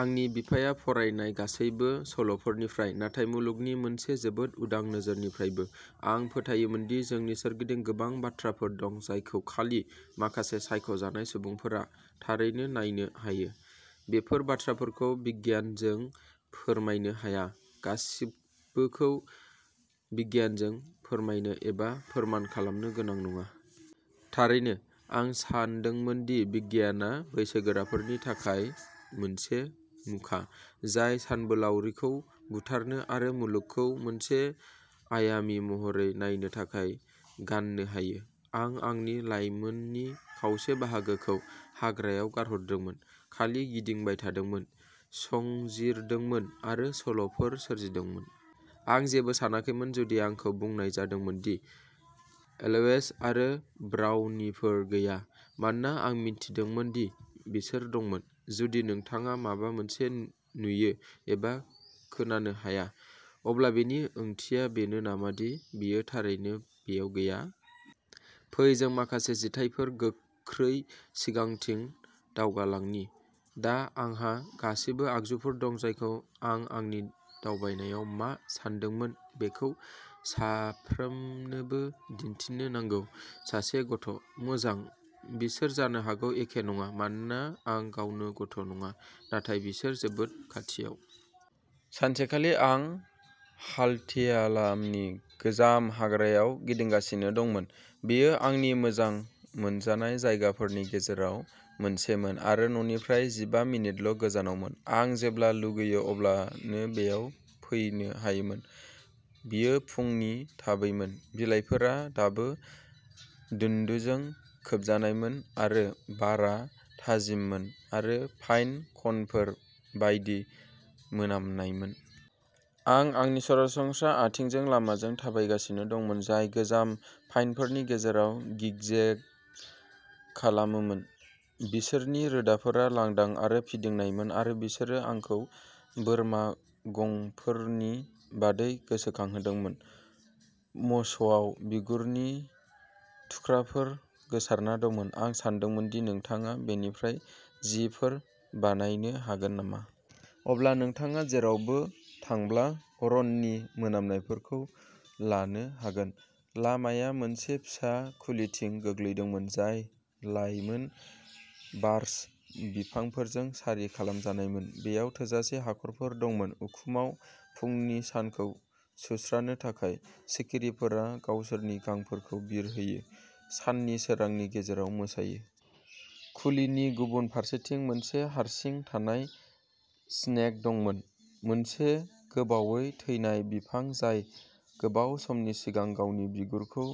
आंनि बिफाया फरायनाय गासैबो सल'फोरनिफ्राय, नाथाय मुलुगनि मोनसे जोबोद उदां नोजोरनिफ्रायबो। आं फोथायोमोनदि जोंनि सोरगिदिं गोबां बाथ्राफोर दं जायखौ खालि माखासे सायख' जानाय सुबुंफोरा थारैनो नायनो हायो। बेफोर बाथ्राफोरखौ बिगियानजों फोरमायनो हाया। गासिबोखौ बिगियानजों फोरमायनो एबा फोरमान खालामनो गोनां नङा। थारैनो, आं सानदोंमोन दि बिगियानआ बैसोगोराफोरनि थाखाय मोनसे मुखा, जाय सानबोलावरिखौ बुथारनो आरो मुलुगखौ मोनसे आयामी महरै नायनो थाखाय गाननो हायो। आं आंनि लायमोननि खावसे बाहागोखौ हाग्रायाव हगारदोंमोन, खालि गिदिंबाय थादोंमोन, संजिरदोंमोन आरो सल'फोर सोरजिदोंमोन। आं जेबो सानाखैमोन जुदि आंखौ बुंनाय जादोंमोन दि एल्व्स आरो ब्राउनिफोर गैया, मानोना आं मिथिदोंमोन दि बिसोर दंमोन। जुदि नोंथाङा माबा मोनसे नुनो एबा खोनानो हाया, अब्ला बेनि ओंथिया बेनो नामा दि बेयो थारैनो बेयाव गैया? फै जों माखासे जिथायफोर गोख्रै सिगांथिं दावगालांनि। दा आंहा गासिबो आगजुफोर दं जायखौ आं आंनि दावबायनायाव मा सानदोंमोन बेखौ साफ्रोमनोबो दिन्थिनो नांगौ। सासे गथ'। मोजां, बिसोर जानो हागौ एखे नङा मानोना आं गावनो गथ' नङा, नाथाय बिसोर जोबोद खाथियाव। सानसेखालि आं हाल्टियालानि गोजाम हाग्रायाव गिदिंगासिनो दंमोन। बेयो आंनि मोजां मोनजानाय जायगाफोरनि गेजेराव मोनसेमोन आरो न'निफ्राय जिबा मिनिटल' गोजानावमोन। आं जेब्ला लुगैयो अब्लानो बेयाव फैनो हायोमोन। बेयो फुंनि थाबैमोन। बिलाइफोरा दाबो दुन्दुजों खोबजानायमोन आरो बारआ थाजिममोन आरो पाइन कनफोर बायदि मोनामनायमोन। आं आंनि सरासनस्रा आथिं लामाजों थाबायगासिनो दंमोन, जाय गोजाम पाइनफोरनि गेजेराव गिगजेग खालामोमोन। बिसोरनि रोदाफोरा लांदां आरो फिदिंनायमोन आरो बिसोरो आंखौ बोरमा गंफोरनि बादै गोसोखांहोदोंमोन। मसआव बिगुरनि थुख्राफोर गोसारना दंमोन। आं सानदोंमोन दि नोंथाङा बेनिफ्राय जिफोर बानायनो हागोन नामा। अब्ला नोंथाङा जेरावबो थांब्ला अरननि मोनामनायखौ लांनो हागोन। लामाया मोनसे फिसा खुलिथिं गोग्लैदोंमोन, जाय लायमोन बार्च बिफांफोरजों सारि खालामजानायमोन। बेयाव थोजासे हाखरफोर दंमोन। उखुमआव फुंनि सानखौ सुस्रानो थाखाय। सिखिरिफोरा गावसोरनि गांफोरखौ बिरहोयो, साननि सोरांनि गेजेराव मोसायो। खुलिनि गुबुन फारसेथिं मोनसे हारसिं थानाय स्नेग दंमोन, मोनसे गोबावै थैनाय बिफां जाय गोबाव समनि सिगां गावनि बिगुरखौ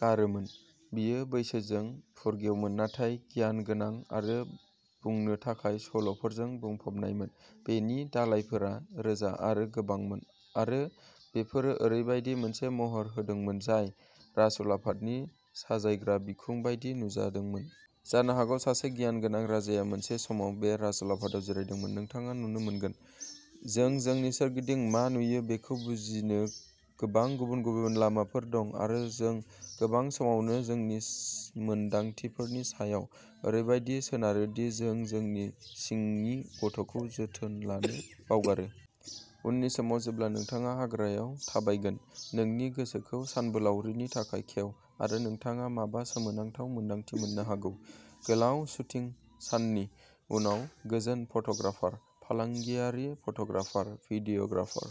गारोमोन। बेयो बैसोजों फुरगेवमोन, नाथाय गियानगोनां आरो बुंनो थाखाय सल'फोरजों बुंफबनायमोन। बेनि दालाइफोरा रोजा आरो गोबांमोन आरो बेफोरो ओरैबायदि मोनसे महर होदोंमोन जाय राजउलाफादनि साजायग्रा बिखुं बायदि नुजादोंमोन। जानो हागौ सासे गियानगोनां राजाया मोनसे समाव बे राजउलाफादाव जिरायदोंमोन। नोंथाङा नुनो मोनगोन, जों जोंनि सोरगिदिं मा नुयो बेखौ बुजिनो गोबां गुबुन-गुबुन लामाफोर दं आरो जों गोबां समावनो जोंनि मोनदांथिफोरनि सायाव ओरैबादि सोनारो दि जों जोंनि सिंनि गथ'खौ जोथोन लानो बावगारो। उननि समाव जेब्ला नोंथाङा हाग्रायाव थाबायगोन, नोंनि गोसोखौ सानबोलावरिनि थाखाय खेव आरो नोंथाङा माबा सोमोनांथाव मोन्दांथि मोननो हागौ। गोलाव शुटिं साननि उनाव गोजोन फट'ग्राफार। फालांगियारि फट'ग्राफार, भिडिय'ग्राफार,